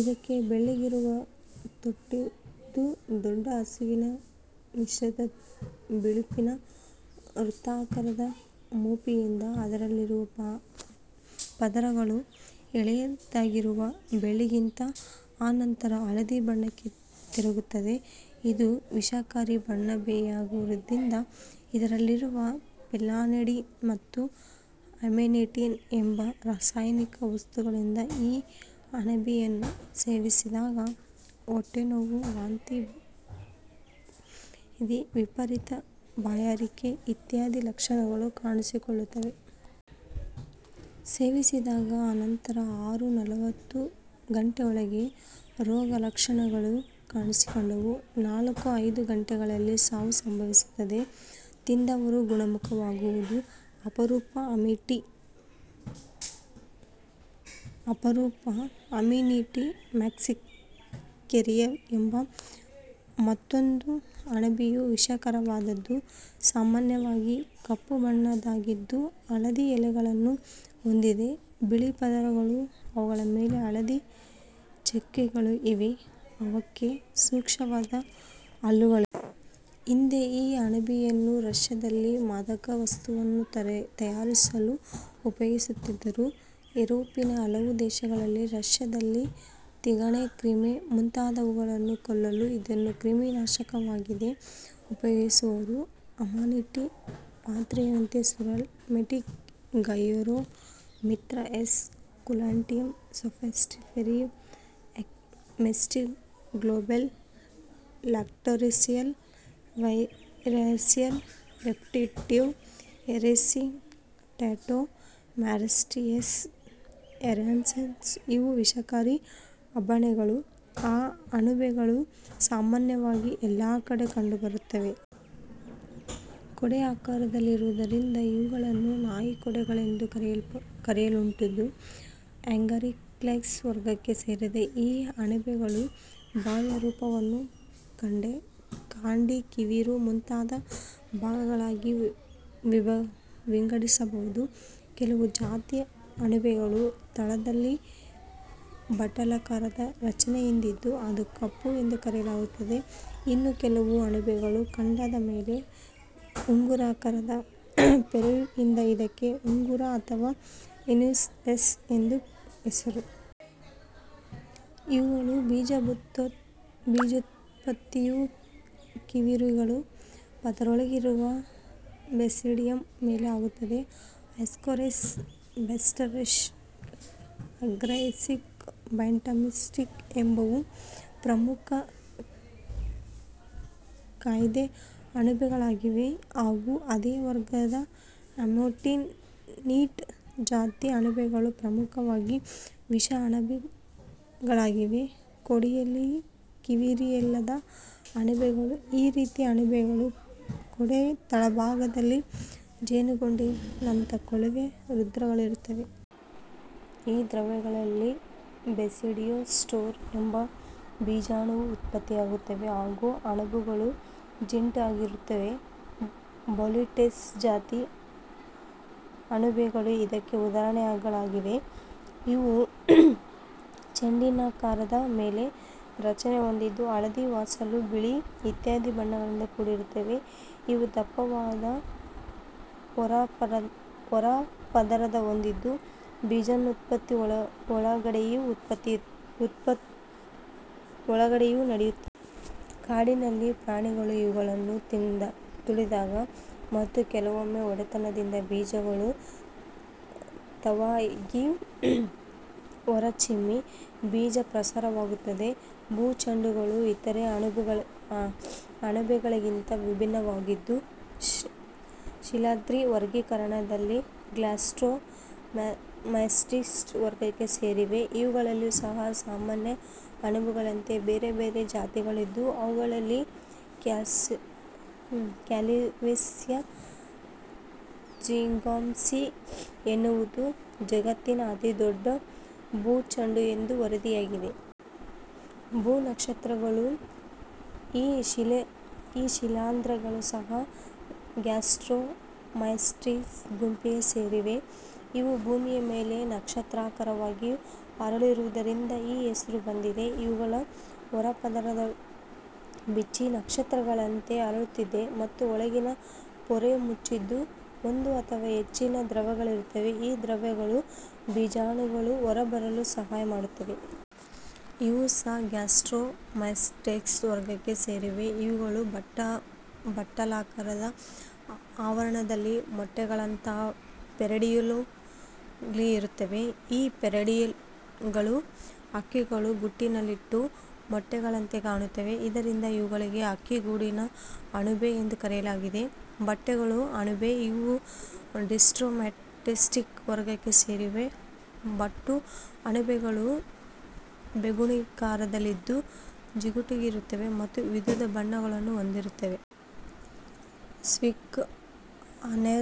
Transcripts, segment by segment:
ಇದಕ್ಕೆ ಬೆಳ್ಳಗಿರುವ ತೊಟ್ಟಿದ್ದು, ದೊಡ್ಡ ಹಸಿರು ಮಿಶ್ರಿತ ಬಿಳುಪಿನ ವೃತ್ತಾಕಾರದ ಟೋಪಿಯಿದ್ದು ಅದರಲ್ಲಿರುವ ಪದರಗಳು ಎಳೆಯದಾಗಿರುವಾಗ ಬೆಳ್ಳಗಿದ್ದು ಅನಂತರ ಹಳದಿ ಬಣ್ಣಕ್ಕೆ ತಿರುಗುತ್ತದೆ. ಇದು ವಿಷಕಾರಿ ಅಣಬೆಯಾಗಿರುವುದು ಇದರಲ್ಲಿರುವ ಫೆಲ್ಲಾಡಿನ್ ಮತ್ತು ಅಮಾನಿಟೀನ್ ಎಂಬ ರಾಸಾಯನಿಕ ವಸ್ತುಗಳಿಂದ. ಈ ಅಣಬೆಯನ್ನು ಸೇವಿಸಿದಾಗ ಹೊಟ್ಟೆನೋವು, ವಾಂತಿ, ಭೇದಿ, ವಿಪರೀತ ಬಾಯಾರಿಕೆ ಇತ್ಯಾದಿ ಲಕ್ಷಣಗಳು ಕಾಣಿಸಿಕೊಳ್ಳುತ್ತವೆ. ಸೇವಿಸಿದ ಅನಂತರ ಅರು -ನಲವತ್ತು ಗಂಟೆಯೊಳಗೆ ರೋಗಲಕ್ಷಣಗಳು ಕಾಣಿಸಿಕೊಂಡು ನಾಲ್ಕು -ಐದು ದಿನಗಳಲ್ಲಿ ಸಾವು ಸಂಭವಿಸುತ್ತದೆ. ತಿಂದವರು ಗುಣಮುಖವಾಗುವುದು ಅಪರೂಪ. ಅಮಾನಿಟ ಮ್ಯಾಕ್ಸೆರಿಯಾ ಎಂಬ ಮತ್ತೊಂದು ಅಣಬೆಯೂ ವಿಷಯುಕ್ತವಾದದು. ಸಾಮಾನ್ಯವಾಗಿ ಕಪ್ಪು ಬಣ್ಣದ್ದಾಗಿದ್ದು, ಹಳದಿ ಎಲೆಗಳನ್ನು ಹೊಂದಿದೆ. ಬಿಳಿಯ ಪದರಗಳೂ ಅವುಗಳ ಮೇಲೆ ಹಳದಿ ಚುಕ್ಕೆಗಳೂ ಇವೆ; ಅವಕ್ಕೆ ಸೂಕ್ಷ್ಮವಾದ ಹಲ್ಲುಗಳಿವೆ. ಹಿಂದೆ ಈ ಅಣಬೆಯನ್ನು ರಷ್ಯದಲ್ಲಿ ಮಾದಕ ವಸ್ತುವನ್ನು ತಯಾರಿಸಲು ಉಪಯೋಗಿಸುತ್ತಿದ್ದರು. ಯೂರೋಪಿನ ಹಲವು ದೇಶಗಳಲ್ಲೂ ರಷ್ಯದಲ್ಲೂ ತಿಗಣೆ, ಕ್ರಿಮಿ ಮುಂತಾದುವುಗಳನ್ನು ಕೊಲ್ಲಲು ಇದನ್ನು ಕ್ರಿಮಿನಾಶಕವಾಗಿ ಉಪಯೋಗಿಸುವರು. Amanita pantherina, Russula emetica, Gyromitra esculenta, Stropharia semiglobata, Lactarius vellereus, Lepiota cristata, Marasmius ಯರೆನ್ಸ್-ಇವು ವಿಷಕಾರಿ ಅಣಬೆಗಳು. ಈ ಅಣಬೆಗಳು ಸಾಮಾನ್ಯವಾಗಿ ಎಲ್ಲಾ ಕಡೆ ಕಂಡು ಬರುತ್ತವೆ. ಕೊಡೆಯಾಕಾರದಲ್ಲಿರುವುದರಿಂದ ಇವುಗಳನ್ನು ನಾಯಿಕೊಡೆಗಳೆಂದು ಕರೆಯುವುದುಂಟು. ಅಗ್ಯಾರಿಕೇಲ್ಸ್ ವರ್ಗಕ್ಕೆ ಸೇರಿದ ಈ ಅಣಬೆಗಳ ಬಾಹ್ಯರೂಪವನ್ನು ಕೊಡೆ, ಕಾಂಡ, ಕಿವಿರು ಮುಂತಾದ ಭಾಗಗಳಾಗಿ ವಿಂಗಡಿಸಬಹುದು. ಕೆಲವು ಜಾತಿಯ ಅಣಬೆಗಳ ತಳದಲ್ಲಿ ಬಟ್ಟಲಾಕಾರದ ರಚನೆಯಿದ್ದು ಅದನ್ನು ಕಪ್ ಎಂದು ಕರೆಯಲಾಗುತ್ತದೆ. ಇನ್ನು ಕೆಲವು ಅಣಬೆಗಳ ಕಾಂಡದ ಮೇಲೆ ಉಂಗುರಾಕಾರದ ಪೊರೆಯಿದ್ದು ಇದಕ್ಕೆ ಉಂಗುರ ಅಥವಾ ಅನ್ಯುಲಸ್ ಎಂದು ಹೆಸರು. ಇವುಗಳ ಬೀಜೋತ್ಪತ್ತಿಯ ಕಿವಿರುಗಳ ಪದರಿನೊಳಗಿರುವ ಬೆಸಿಡಿಯಂ ಮೇಲೆ ಆಗುತ್ತದೆ. ಅಗ್ಯಾರಿಕಸ್ ಬೈಸ್ಟೋರಸ್, ಅಗ್ಯಾರಿಕಸ್ ಬೈಟಾರ್ಕಿಸ್ ಎಂಬುವು ಪ್ರಮುಖ ಖಾದ್ಯ ಅಣಬೆಗಳಾಗಿವೆ. ಹಾಗೂ ಇದೇ ವರ್ಗದ ಅಮ್ಯಾನಿಟಾ ಜಾತಿಯ ಅಣಬೆಗಳು ಪ್ರಮುಖವಾಗಿ ವಿಷ ಅಣಬೆಗಳಾಗಿವೆ. ಕೊಡೆಯಲ್ಲಿ ಕಿವಿರಿಲ್ಲದ ಅಣಬೆಗಳು: ಈ ರೀತಿಯ ಅಣಬೆಗಳ ಕೊಡೆಯ ತಳಭಾಗದಲ್ಲಿ ಜೇನುಗೂಡಿನಂತಹ ಕೊಳವೆ ರಂಧ್ರಗಳಿರುತ್ತವೆ. ಈ ರಂಧ್ರಗಳಲ್ಲಿ ಬೆಸಿಡಿಯೋ ಸ್ಪೋರ್ ಎಂಬ ಬೀಜಾಣುವು ಉತ್ಪತ್ತಿಯಾಗುತ್ತವೆ ಹಾಗೂ ಅಣಬೆಗಳು ಜಿಗುಟಾಗಿರುತ್ತವೆ. ಬೋಲಿಟಸ್ ಜಾತಿಯ ಅಣಬೆಗಳು ಇದಕ್ಕೆ ಉದಾಹರಣೆಗಳಾಗಿವೆ. ಇವು ಚೆಂಡಿನಾಕಾರದ ಮೇಲ್ಮೈ ರಚನೆ ಹೊಂದಿದ್ದು, ಹಳದಿ, ಮಾಸಲು ಬಿಳಿ ಇತ್ಯಾದಿ ಬಣ್ಣಗಳಿಂದ ಕೂಡಿರುತ್ತವೆ. ಇವು ದಪ್ಪವಾದ ಹೊರಪದರ ಹೊಂದಿದ್ದು, ಬೀಜೋತ್ಪತ್ತಿ ಒಳಗಡೆಯೇ ನಡೆಯುತ್ತದೆ. ಕಾಡಿನಲ್ಲಿ ಪ್ರಾಣಿಗಳು ಇವುಗಳನ್ನು ತುಳಿದಾಗ ಮತ್ತು ಕೆಲವೊಮ್ಮೆ ಒತ್ತಡದಿಂದ ಬೀಜಗಳು ತಾವಾಗಿಯೇ ಹೊರಚಿಮ್ಮಿ ಬೀಜ ಪ್ರಸಾರವಾಗುತ್ತದೆ. ಭೂ ಚೆಂಡುಗಳು ಇತರೆ ಅಣಬೆಗಳಿಗಿಂತ ಭಿನ್ನವಾಗಿದ್ದು, ಶಿಲೀಂಧ್ರ ವರ್ಗೀಕರಣದಲ್ಲಿ ಗ್ಯಾಸ್ಟ್ರೊಮೈಸೆಟ್ಸ್ ವರ್ಗಕ್ಕೆ ಸೇರಿವೆ. ಇವುಗಳಲ್ಲಿಯೂ ಸಹ ಸಾಮಾನ್ಯ ಅಣಬೆಗಳಂತೆ ಬೇರೆ ಬೇರೆ ಜಾತಿಗಳಿದ್ದು, ಅವುಗಳಲ್ಲಿ ಕ್ಯಾಲ್ವೇಸಿಯಾ ಜಿಂಗಾಂಸಿಯಾ ಎನ್ನುವುದು ಜಗತ್ತಿನಲ್ಲಿ ಅತಿದೊಡ್ಡ ಭೂಚೆಂಡು ಎಂದು ವರದಿಯಾಗಿದೆ. ಭೂ ನಕ್ಷತ್ರಗಳು: ಈ ಶಿಲೀಂಧ್ರಗಳು ಸಹ ಗ್ಯಾಸ್ಟ್ರೋ ಮೈಸೆಟ್ಸ್ ಗುಂಪಿಗೆ ಸೇರಿವೆ. ಇವು ಭೂಮಿಯ ಮೇಲೆ ನಕ್ಷತ್ರಾಕಾರವಾಗಿ ಅರಳುವುದರಿಂದ ಈ ಹೆಸರು ಬಂದಿದೆ. ಇವುಗಳ ಹೊರಪದರ ಬಿಚ್ಚಿ ನಕ್ಷತ್ರಗಳಂತೆ ಅರಳುತ್ತದೆ ಮತ್ತು ಒಳಗಿನ ಪೊರೆ ಮುಚ್ಚಿದ್ದು ಒಂದು ಅಥವಾ ಹೆಚ್ಚಿನ ರಂಧ್ರಗಳಿರುತ್ತವೆ. ಈ ರಂಧ್ರಗಳು ಬೀಜಾಣುಗಳು ಹೊರಬರಲು ಸಹಾಯ ಮಾಡುತ್ತವೆ. ಇವು ಸಹ ಗ್ಯಾಸ್ಟ್ರೋ ಮೈಸೆಟ್ಸ್ ವರ್ಗಕ್ಕೆ ಸೇರಿವೆ. ಇವುಗಳ ಬಟ್ಟಲಾಕಾರದ ಆವರಣದಲ್ಲಿ ಮೊಟ್ಟೆಗಳಂತಹ ಪೆರಿಡಿಯೋಲ್ಗಳಿರುತ್ತವೆ. ಈ ಪೆರಿಡಿಯೋಲ್ಗಳು ಹಕ್ಕಿಗಳು ಗೂಡಿನಲ್ಲಿಟ್ಟ ಮೊಟ್ಟೆಗಳಂತೆ ಕಾಣುತ್ತವೆ. ಆದ್ದರಿಂದ ಇವುಗಳಿಗೆ ಹಕ್ಕಿ ಗೂಡಿನ ಅಣಬೆ ಎಂದು ಕರೆಯಲಾಗಿದೆ. ಬಟ್ಟಲು ಅಣಬೆ: ಇವು ಡಿಸ್ಕೋಮೈಸೆಟ್ಸ್ ವರ್ಗಕ್ಕೆ ಸೇರಿವೆ. ಬಟ್ಟು ಅಣಬೆಗಳು ಬೋಗುಣಿಯಾಕಾರದಲ್ಲಿದ್ದು, ಜಿಗುಟಾಗಿರುತ್ತವೆ ಮತ್ತು ವಿವಿಧ ಬಣ್ಣಗಳನ್ನು ಹೊಂದಿರುತ್ತವೆ. ಸ್ವಿಂಕ್ ಹಾರ್ನ್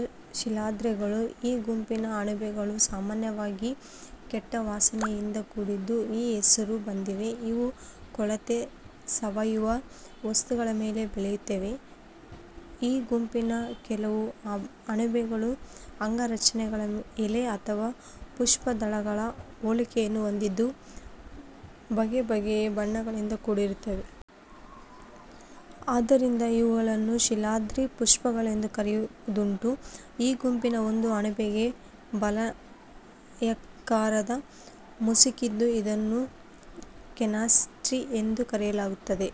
ಶಿಲೀಂಧ್ರಗಳು: ಈ ಗುಂಪಿನ ಅಣಬೆಗಳು ಸಾಮಾನ್ಯವಾಗಿ ಕೆಟ್ಟ ವಾಸನೆಯಿಂದ ಕೂಡಿದ್ದು, ಈ ಹೆಸರು ಬಂದಿದೆ. ಇವು ಕೊಳೆತ ಸಾವಯವ ವಸ್ತುಗಳ ಮೇಲೆ ಬೆಲೆಯುತ್ತವೆ. ಈ ಗುಂಪಿನ ಕೆಲವು ಅಣಬೆಗಳ ಅಂಗ ರಚನೆಗಳು ಎಲೆ ಅಥವಾ ಪುಷ್ಪ ದಳಗಳ ಹೋಲಿಕೆಯನ್ನು ಹೊಂದಿದ್ದು, ಬಗೆ ಬಗೆಯ ಬಣ್ಣಗಳಿಂದ ಕೂಡಿರುತ್ತವೆ. ಆದ್ದರಿಂದ ಇವುಗಳನ್ನು ಶಿಲೀಂಧ್ರ ಪುಷ್ಪಗಳೆಂದು ಕರೆಯುವುದುಂಟು. ಈ ಗುಂಪಿನ ಒಂದು ಅಣಬೆಗೆ ಬಲೆಯಾಕಾರದ ಮುಸುಕಿದ್ದು ಇದನ್ನು ಕನ್ಯಾಸ್ತ್ರಿ ಎಂದು ಕರೆಯಲಾಗುತ್ತದೆ.